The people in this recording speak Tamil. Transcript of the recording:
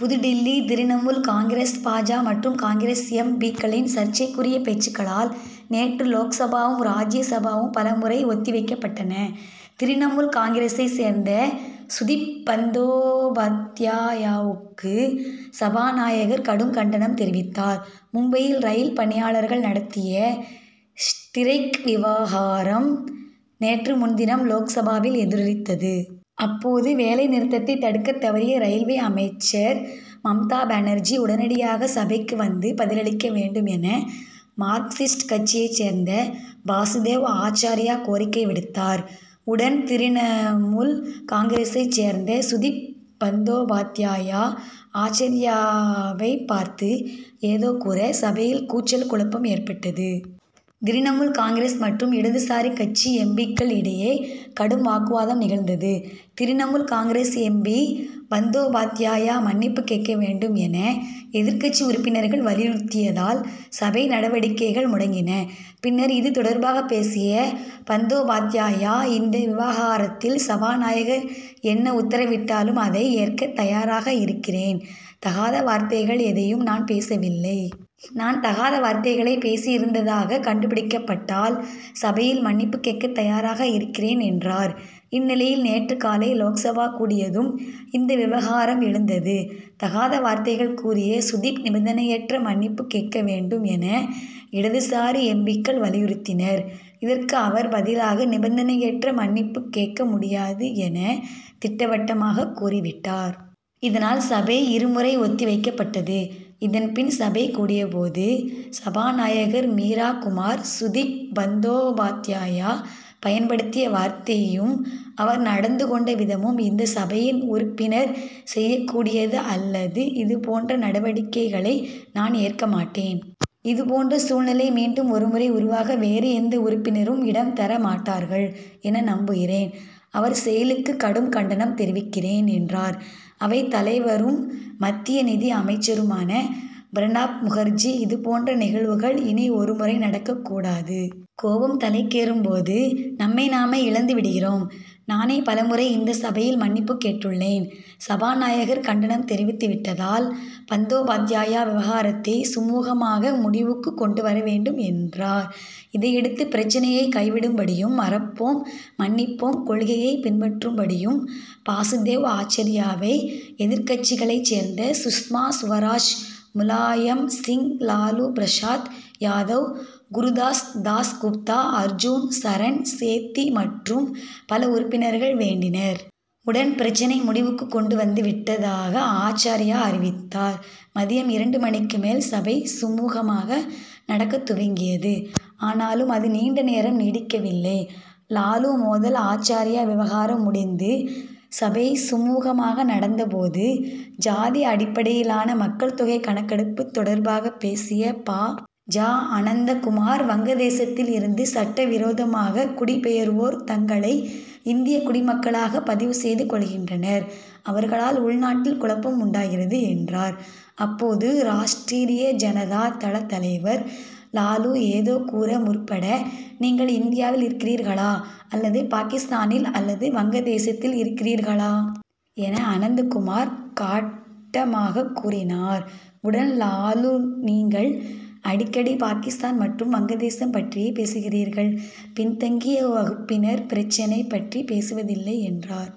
புதுடில்லி திரிணமுல் காங்கிரஸ் பா. ஜ. மற்றும் காங்கிரஸ் எம். பி.க்களின் சர்ச்சைக்குரிய பேச்சுக்களால் நேற்று லோக்சபாவும் ராஜ்ய சபாவும் பல முறை ஒத்தி வைக்கப்பட்டன. திரிணமுல் காங்கிரசைச் சேர்ந்த சுதிப் பந்தோபாத்யாயாவுக்கு சபாநாயகர் கடும் கண்டனம் தெரிவித்தார். மும்பையில் ரயில் பணியாளர்கள் நடத்திய ஸ்டிரைக் விவகாரம் நேற்று முன்தினம் லோக்சபாவில் எதிரொலித்தது. அப்போது வேலை நிறுத்தத்தை தடுக்கத் தவறிய ரயில்வே அமைச்சர் மம்தா பானர்ஜி உடனடியாக சபைக்கு வந்து பதிலளிக்க வேண்டும் என மார்க்சிஸ்ட் கட்சியைச் சேர்ந்த பாசுதேவ் ஆச்சார்யா கோரிக்கை விடுத்தார். உடன் திரிணமுல் காங்கிரசைச் சேர்ந்த சுதிப் பந்தோபாத்யாயா ஆச்சார்யாவைப் பார்த்து ஏதோ கூற சபையில் கூச்சல் குழப்பம் ஏற்பட்டது. திரிணமுல் காங்கிரஸ் மற்றும் இடதுசாரி கட்சி எம். பி.க்கள் இடையே கடும் வாக்குவாதம் நிகழ்ந்தது. திரிணமுல் காங்கிரஸ் எம். பி. பந்தோபாத்யாயா மன்னிப்பு கேட்க வேண்டும் என எதிர்க்கட்சி உறுப்பினர்கள் வலியுறுத்தியதால் சபை நடவடிக்கைகள் முடங்கின. பின்னர் இது தொடர்பாக பேசிய பந்தோபாத்யாயா இந்த விவகாரத்தில் சபாநாயகர் என்ன உத்தரவிட்டாலும் அதை ஏற்க தயாராக இருக்கிறேன் தகாத வார்த்தைகள் எதையும் நான் பேசவில்லை. நான் தகாத வார்த்தைகளை பேசியிருந்ததாக கண்டுபிடிக்கப்பட்டால் சபையில் மன்னிப்பு கேட்கத் தயாராக இருக்கிறேன் என்றார். இந்நிலையில் நேற்று காலை லோக்சபா கூடியதும் இந்த விவகாரம் எழுந்தது. தகாத வார்த்தைகள் கூறிய சுதிப் நிபந்தனையற்ற மன்னிப்பு கேட்க வேண்டும் என இடதுசாரி எம். பி.க்கள் வலியுறுத்தினர். இதற்கு அவர் பதிலாக நிபந்தனையற்ற மன்னிப்பு கேட்க முடியாது என திட்டவட்டமாகக் கூறிவிட்டார். இதனால் சபை இரு முறை ஒத்தி வைக்கப்பட்டது. இதன் பின் சபை கூடியபோது சபாநாயகர் மீரா குமார் சுதிப் பந்தோபாத்யாயா பயன்படுத்திய வார்த்தையும் அவர் நடந்து கொண்ட விதமும் இந்த சபையின் உறுப்பினர் செய்யக் கூடியது அல்லது இது போன்ற நடவடிக்கைகளை நான் ஏற்க மாட்டேன். இது போன்ற சூழ்நிலை மீண்டும் ஒரு முறை உருவாக வேறு எந்த உறுப்பினரும் இடம் தர மாட்டார்கள் என நம்புகிறேன். அவர் செயலுக்கு கடும் கண்டனம் தெரிவிக்கிறேன் என்றார். அவைத் தலைவரும் மத்திய நிதி அமைச்சருமான பிரணாப் முகர்ஜி இதுபோன்ற நிகழ்வுகள் இனி ஒரு முறை நடக்கக்கூடாது. கோபம் தலைக்கேறும் போது நம்மை நாமே இழந்து விடுகிறோம். நானே பல முறை இந்த சபையில் மன்னிப்பு கேட்டுள்ளேன். சபாநாயகர் கண்டனம் தெரிவித்து விட்டதால் பந்தோபாத்யாயா விவகாரத்தை சுமூகமாக முடிவுக்கு கொண்டு வர வேண்டும் என்றார். இதையடுத்து பிரச்னையை கைவிடும்படியும் மறப்போம் மன்னிப்போம் கொள்கையை பின்பற்றும்படியும் பாசுதேவ் ஆச்சார்யாவை எதிர்க்கட்சிகளைச் சேர்ந்த சுஷ்மா சுவராஜ் முலாயம் சிங் லாலு பிரசாத் யாதவ் குருதாஸ் தாஸ் குப்தா அர்ஜுன் சரண் சேத்தி மற்றும் பல உறுப்பினர்கள் வேண்டினர். உடன் பிரச்னை முடிவுக்கு கொண்டு வந்துவிட்டதாக ஆச்சார்யா அறிவித்தார். மதியம் இரண்டு மணிக்கு மேல் சபை சுமூகமாக நடக்கத் துவங்கியது. ஆனாலும் அது நீண்ட நேரம் நீடிக்கவில்லை. லாலு மோதல் ஆச்சார்யா விவகாரம் முடிந்து சபை சுமூகமாக நடந்த போது ஜாதி அடிப்படையிலான மக்கள் தொகை கணக்கெடுப்பு தொடர்பாக பேசிய பா. ஜ. அனந்தகுமார் வங்கதேசத்தில் இருந்து சட்ட விரோதமாக குடிபெயர்வோர் தங்களை இந்திய குடிமக்களாக பதிவு செய்து கொள்கின்றனர். அவர்களால் உள்நாட்டில் குழப்பம் உண்டாகிறது என்றார். அப்போது ராஷ்டிரிய ஜனதா தள தலைவர் லாலு ஏதோ கூற முற்பட நீங்கள் இந்தியாவில் இருக்கிறீர்களா அல்லது பாகிஸ்தானில் அல்லது வங்கதேசத்தில் இருக்கிறீர்களா? என அனந்தகுமார் காட்டமாகக் கூறினார். உடன் லாலு நீங்கள் அடிக்கடி பாகிஸ்தான் மற்றும் வங்கதேசம் பற்றியே பேசுகிறீர்கள் பின்தங்கிய வகுப்பினர் பிரச்னை பற்றி பேசுவதில்லை என்றார்.